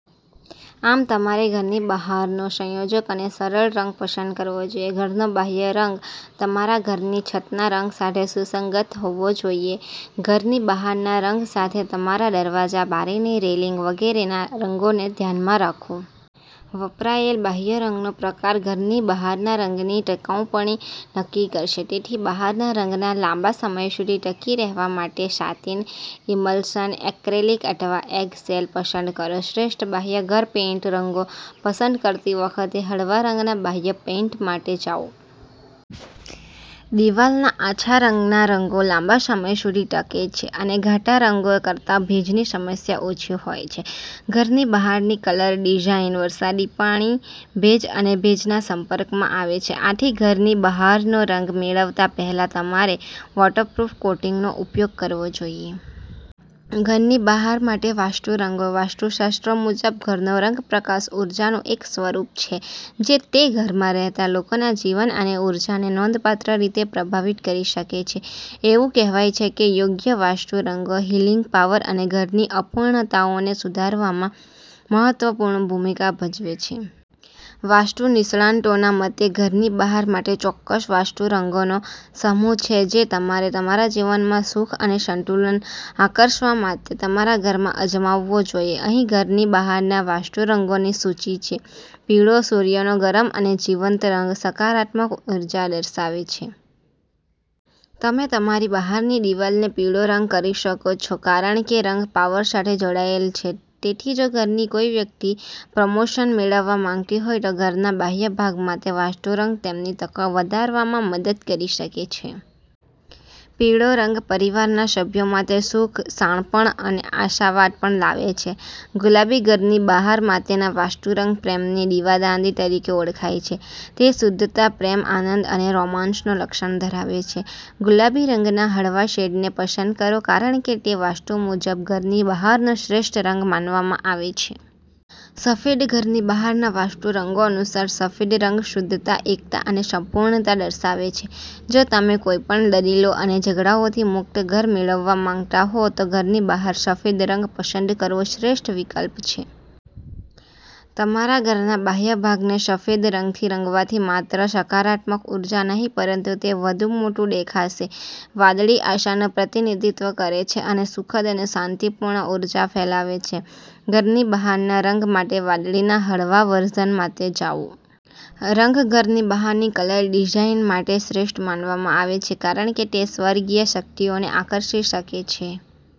આમ, તમારે ઘરની બહારનો સંયોજક અને સરળ રંગ પસંદ કરવો જોઈએ. ઘરનો બાહ્ય રંગ તમારા ઘરની છતના રંગ સાથે સુસંગત હોવો જોઈએ. ઘરની બહારના રંગ સાથે તમારા દરવાજા, બારીની રેલિંગ વગેરેના રંગોને ધ્યાનમાં રાખો. વપરાયેલ બાહ્ય રંગનો પ્રકાર ઘરની બહારના રંગની ટકાઉપણું નક્કી કરશે. તેથી, બહારના રંગના લાંબા સમય સુધી ટકી રહેવા માટે સાટિન, ઇમલ્સન, એક્રેલિક અથવા એગશેલ પસંદ કરો. શ્રેષ્ઠ બાહ્ય ઘર પેઇન્ટ રંગો પસંદ કરતી વખતે હળવા રંગના બાહ્ય પેઇન્ટ માટે જાઓ. દીવાલના આછા રંગના રંગો લાંબા સમય સુધી ટકે છે અને ઘાટા રંગો કરતાં ભેજની સમસ્યા ઓછી હોય છે. ઘરની બહારની કલર ડિઝાઈન વરસાદી પાણી, ભેજ અને ભેજના સંપર્કમાં આવે છે. આથી, ઘરની બહારનો રંગ મેળવતા પહેલા તમારે વોટરપ્રૂફ કોટિંગનો ઉપયોગ કરવો જોઈએ. ઘરની બહાર માટે વાસ્તુ રંગો વાસ્તુશાસ્ત્ર મુજબ, ઘરનો રંગપ્રકાશ ઊર્જાનું એક સ્વરૂપ છે જે તે ઘરમાં રહેતા લોકોના જીવન અને ઊર્જાને નોંધપાત્ર રીતે પ્રભાવિત કરી શકે છે. એવું કહેવાય છે કે યોગ્ય વાસ્તુ રંગો હીલિંગ પાવર અને ઘરની અપૂર્ણતાઓને સુધારવામાં મહત્વપૂર્ણ ભૂમિકા ભજવે છે. વાસ્તુ નિષ્ણાતોના મતે, ઘરની બહાર માટે ચોક્કસ વાસ્તુ રંગોનો સમૂહ છે જે તમારે તમારા જીવનમાં સુખ અને સંતુલન આકર્ષવા માટે તમારા ઘરમાં અજમાવવો જોઈએ. અહીં ઘરની બહારના વાસ્તુ રંગોની સૂચિ છે. પીળો, સૂર્યનો ગરમ અને જીવંત રંગ, સકારાત્મક ઉર્જા દર્શાવે છે. તમે તમારી બહારની દિવાલને પીળો રંગ કરી શકો છો કારણ કે રંગ પાવર સાથે જોડાયેલ છે. તેથી જો ઘરની કોઈ વ્યક્તિ પ્રમોશન મેળવવા માંગતી હોય, તો ઘરના બાહ્ય ભાગ માટે વાસ્તુ રંગ તેમની તકો વધારવામાં મદદ કરી શકે છે. પીળો રંગ પરિવારના સભ્યો માટે સુખ, શાણપણ અને આશાવાદ પણ લાવે છે. ગુલાબી ઘરની બહાર માટેનો વાસ્તુ રંગ પ્રેમની દીવાદાંડી તરીકે ઓળખાય છે. તે શુદ્ધતા, પ્રેમ, આનંદ અને રોમાંસનું લક્ષણ ધરાવે છે. ગુલાબી રંગના હળવા શેડને પસંદ કરો કારણ કે તે વાસ્તુ મુજબ ઘરની બહારનો શ્રેષ્ઠ રંગ માનવામાં આવે છે. સફેદ ઘરની બહારના વાસ્તુ રંગો અનુસાર, સફેદ રંગ શુદ્ધતા, એકતા અને સંપૂર્ણતા દર્શાવે છે. જો તમે કોઈપણ દલીલો અને ઝઘડાઓથી મુક્ત ઘર મેળવવા માંગતા હો, તો ઘરની બહાર સફેદ રંગ પસંદ કરવો શ્રેષ્ઠ વિકલ્પ છે. તમારા ઘરના બાહ્ય ભાગને સફેદ રંગથી રંગવાથી માત્ર સકારાત્મક ઉર્જા નહીં પરંતુ તે વધુ મોટું દેખાશે. વાદળી આશાનું પ્રતિનિધિત્વ કરે છે અને સુખદ અને શાંતિપૂર્ણ ઊર્જા ફેલાવે છે. ઘરની બહારના રંગ માટે વાદળીના હળવા વર્ઝન માટે જાઓ. રંગ ઘરની બહારની કલર ડિઝાઇન માટે શ્રેષ્ઠ માનવામાં આવે છે કારણ કે તે સ્વર્ગીય શક્તિઓને આકર્ષી શકે છે.